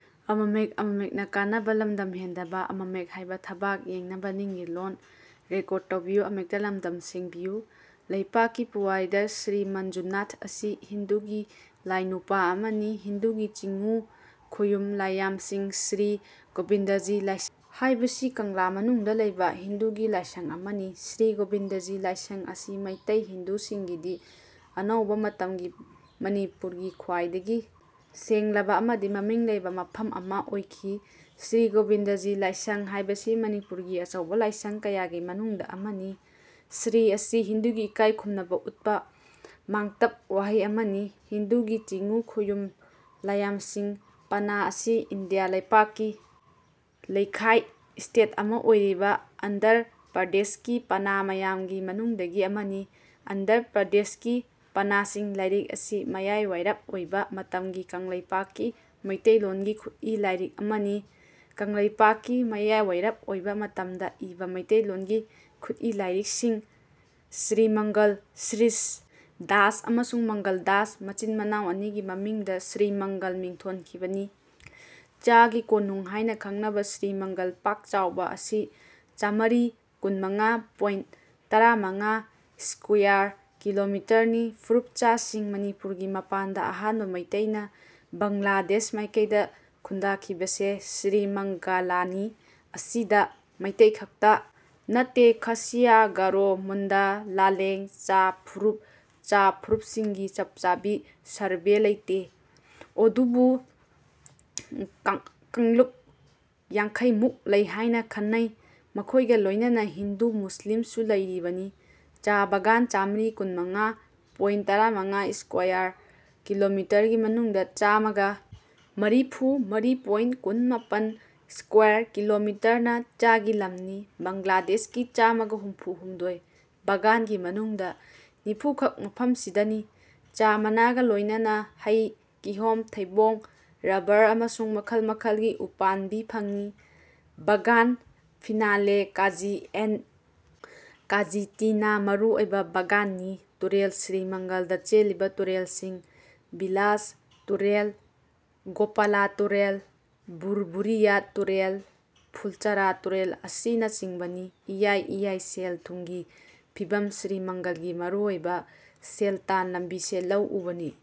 ꯂꯩꯄꯥꯛꯀꯤ ꯄꯨꯋꯥꯔꯤꯗ ꯁ꯭ꯔꯤ ꯃꯟꯖꯨꯅꯥꯊ ꯑꯁꯤ ꯍꯤꯟꯗꯨꯒꯤ ꯂꯥꯢꯅꯨꯄꯥ ꯑꯃꯅꯤ꯫ ꯍꯤꯟꯗꯨꯒꯤ ꯆꯤꯉꯨ ꯈꯣꯌꯨꯝ ꯂꯥꯢꯌꯥꯝꯁꯤꯡ ꯁ꯭ꯔꯤ ꯒꯣꯚꯤꯟꯗꯖꯤ ꯂꯥꯢꯁꯪ ꯍꯥꯏꯕꯁꯤ ꯀꯪꯂꯥ ꯃꯅꯨꯡꯗ ꯂꯩꯕ ꯍꯤꯟꯗꯨꯒꯤ ꯂꯥꯢꯁꯪ ꯑꯃꯅꯤ꯫ ꯁ꯭ꯔꯤ ꯒꯣꯚꯤꯟꯗꯖꯤ ꯂꯥꯢꯁꯪ ꯑꯁꯤ ꯃꯩꯇꯩ ꯍꯤꯟꯗꯨꯁꯤꯡꯒꯤꯗꯤ ꯑꯅꯧꯕ ꯃꯇꯝ ꯒꯤ ꯃꯅꯤꯄꯨꯔꯒꯤ ꯈ꯭ꯋꯥꯢꯗꯒꯤ ꯁꯦꯡꯂꯕ ꯑꯃꯗꯤ ꯃꯃꯤꯡ ꯂꯩꯕ ꯃꯐꯝ ꯑꯃ ꯑꯣꯢꯈꯤ꯫ "ꯁ꯭ꯔꯤ ꯒꯣꯚꯤꯟꯗꯖꯤ ꯂꯥꯢꯁꯪ" ꯍꯥꯏꯕꯁꯤ ꯃꯅꯤꯄꯨꯔꯒꯤ ꯑꯆꯧꯕ ꯂꯥꯢꯁꯪ ꯀꯌꯥꯒꯤ ꯃꯅꯨꯡꯗ ꯑꯃꯅꯤ꯫ ꯁ꯭ꯔꯤ ꯑꯁꯤ ꯍꯤꯟꯗꯨꯒꯤ ꯏꯀꯥꯢꯈꯨꯝꯅꯕ ꯎꯠꯄ ꯃꯥꯡꯇꯞ ꯋꯥꯍꯩ ꯑꯃꯅꯤ꯫ ꯍꯤꯟꯗꯨꯒꯤ ꯆꯤꯉꯨ ꯈꯣꯌꯨꯝ ꯂꯥꯢꯌꯥꯝꯁꯤꯡ ꯄꯅꯥ ꯑꯁꯤ ꯏꯟꯗꯤꯌꯥ ꯂꯩꯄꯥꯛꯀꯤ ꯂꯩꯈꯥꯢ (ꯁ꯭ꯇꯦꯠ) ꯑꯃ ꯑꯣꯢꯔꯤꯕ ꯑꯟꯙ꯭ꯔ ꯄ꯭ꯔꯗꯦꯁꯀꯤ ꯄꯅꯥ ꯃꯌꯥꯝꯒꯤ ꯃꯅꯨꯡꯗꯒꯤ ꯑꯃꯅꯤ꯫ ꯑꯟꯙ꯭ꯔ ꯄ꯭ꯔꯗꯦꯁꯀꯤ ꯄꯅꯥꯁꯤꯡ ꯂꯥꯢꯔꯤꯛ ꯑꯁꯤ ꯃꯌꯥꯢꯋꯥꯢꯔꯞ ꯑꯣꯢꯕ ꯃꯇꯝꯒꯤ ꯀꯪꯂꯩꯄꯥꯛꯀꯤ ꯃꯤꯇꯩꯂꯣꯟꯒꯤ ꯈꯨꯠꯏ ꯂꯥꯢꯔꯤꯛ ꯑꯃꯅꯤ꯫ ꯀꯪꯂꯩꯄꯥꯛꯀꯤ ꯃꯌꯥꯢꯋꯥꯢꯔꯞ ꯑꯣꯢꯕ ꯃꯇꯝꯗ ꯏꯕ ꯃꯤꯇꯩꯂꯣꯟꯒꯤ ꯈꯨꯠꯏ ꯂꯥꯢꯔꯤꯛꯁꯤꯡ ꯁ꯭ꯔꯤꯃꯪꯒꯜ, ꯁ꯭ꯔꯤꯁ ꯗꯥꯁ, ꯑꯃꯁꯨꯡ ꯃꯪꯒꯜ ꯗꯥꯁ ꯃꯆꯤꯟꯃꯅꯥꯎ ꯑꯅꯤꯒꯤ ꯃꯃꯤꯡꯗ ꯁ꯭ꯔꯤꯃꯪꯒꯜ ꯃꯤꯡꯊꯣꯟꯈꯤꯕꯅꯤ꯫ ꯆꯥꯒꯤ ꯀꯣꯅꯨꯡ ꯍꯥꯏꯅ ꯈꯪꯅꯕ ꯁ꯭ꯔꯤꯃꯪꯒꯜ ꯄꯥꯛꯆꯥꯎꯕ ꯑꯁꯤ ꯆꯥꯃꯔꯤ ꯀꯨꯟꯃꯉꯥ ꯄꯣꯏꯟꯇ ꯇꯔꯥꯃꯉꯥ ꯁ꯭ꯀ꯭ꯌꯥꯔ ꯀꯤꯂꯣꯃꯤꯇꯔꯅꯤ꯫ ꯐꯨꯔꯨꯞꯆꯥꯁꯤꯡ ꯃꯅꯤꯄꯨꯔꯒꯤ ꯃꯄꯥꯟꯗ ꯑꯍꯥꯟꯕ ꯃꯤꯇꯩꯅ ꯕꯪꯂꯥꯗꯦꯁ ꯃꯥꯏꯀꯩꯗ ꯈꯨꯟꯗꯥꯈꯤꯕꯁꯦ ꯁ꯭ꯔꯤꯃꯡꯒꯂꯅꯤ꯫ ꯑꯁꯤꯗ ꯃꯤꯇꯩꯈꯛꯇ ꯅꯠꯇꯦ ꯈꯥꯁꯤꯌꯥ, ꯒꯥꯔꯣ, ꯃꯨꯟꯗꯥ, ꯂꯥꯂꯦꯡ, ꯆꯥ ꯐꯨꯔꯨꯞ (ꯆꯥ ꯐꯨꯔꯨꯞꯁꯤꯡꯒꯤ ꯆꯞꯆꯥꯕꯤ ꯁꯥꯔꯚꯦ ꯂꯩꯇꯦ, ꯑꯣꯗꯨꯕꯨ ꯛꯥꯡꯂꯨꯞ ꯌꯥꯡꯈꯩꯃꯨꯛ ꯂꯩ ꯍꯥꯏꯅ ꯈꯟꯅꯩ) ꯃꯈꯣꯏꯒ ꯂꯣꯏꯅꯅ ꯍꯤꯟꯗꯨ ꯃꯨꯁꯂꯤꯝꯁꯨ ꯂꯩꯔꯤꯕꯅꯤ꯫ ꯆꯥ ꯕꯥꯒꯥꯟ ꯆꯥꯃꯔꯤ ꯀꯨꯟꯃꯉꯥ ꯄꯣꯏꯟꯠ ꯇꯔꯥꯃꯉꯥ ꯁ꯭ꯀ꯭ꯋꯥꯔ ꯀꯤꯂꯣꯃꯤꯇꯔꯒꯤ ꯃꯅꯨꯡꯗ ꯆꯥꯃꯒ ꯃꯔꯤꯐꯨ ꯃꯔꯤ ꯄꯣꯏꯟꯠ ꯀꯨꯟ ꯃꯥꯄꯟ ꯁ꯭ꯀ꯭ꯋꯥꯔ ꯀꯤꯂꯣꯃꯤꯇꯔꯅ ꯆꯥꯒꯤ ꯂꯝꯅꯤ꯫ ꯕꯪꯂꯥꯗꯦꯁꯀꯤ ꯆꯥꯃꯒ ꯍꯨꯝꯐꯨ ꯍꯨꯝꯗꯣꯏ ꯕꯥꯒꯥꯟꯒꯤ ꯃꯅꯨꯡꯗ ꯅꯤꯐꯨꯈꯛ ꯃꯐꯝꯁꯤꯗꯅꯤ꯫ ꯆꯥ ꯃꯅꯥꯒ ꯂꯣꯏꯅꯅ ꯍꯩ, ꯀꯤꯍꯣꯝ, ꯊꯩꯕꯣꯡ, ꯔꯕꯔ ꯑꯃꯁꯨꯡ ꯃꯈꯜ ꯃꯈꯜꯒꯤ ꯎꯄꯥꯟꯕꯤ ꯐꯪꯉꯤ꯫ ꯕꯒꯥꯟ ꯐꯤꯅꯂꯦ, ꯀꯥꯖꯤ ꯑꯦꯟ꯭ꯗ ꯀꯥꯖꯤ ꯇꯤ ꯅꯥ ꯃꯔꯨ ꯑꯣꯢꯕ ꯕꯥꯒꯥꯟꯅꯤ꯫ ꯇꯨꯔꯦꯜ ꯁ꯭ꯔꯤꯃꯪꯒꯜꯗ ꯆꯦꯜꯂꯤꯕ ꯇꯨꯔꯦꯜꯁꯤꯡ ꯕꯤꯂꯥꯁ ꯇꯨꯔꯦꯜ, ꯒꯣꯄꯂꯥ ꯇꯨꯔꯦꯜ, ꯚꯨꯔꯚꯨꯔꯤꯌꯥ ꯇꯨꯔꯦꯜ, ꯐꯨꯜꯆꯔꯥ ꯇꯨꯔꯦꯜ ꯑꯁꯤꯅꯆꯤꯡꯕꯅꯤ꯫ ꯢꯌꯥꯏ ꯢꯌꯥꯏ ꯁꯦꯜ ꯊꯨꯝꯒꯤ ꯐꯤꯚꯝ ꯁ꯭ꯔꯤꯃꯪꯒꯜꯒꯤ ꯃꯔꯨ ꯑꯣꯏꯕ ꯁꯦꯜꯇꯥꯟ ꯂꯝꯕꯤꯁꯦ ꯂꯧ ꯎꯕꯅꯤ꯫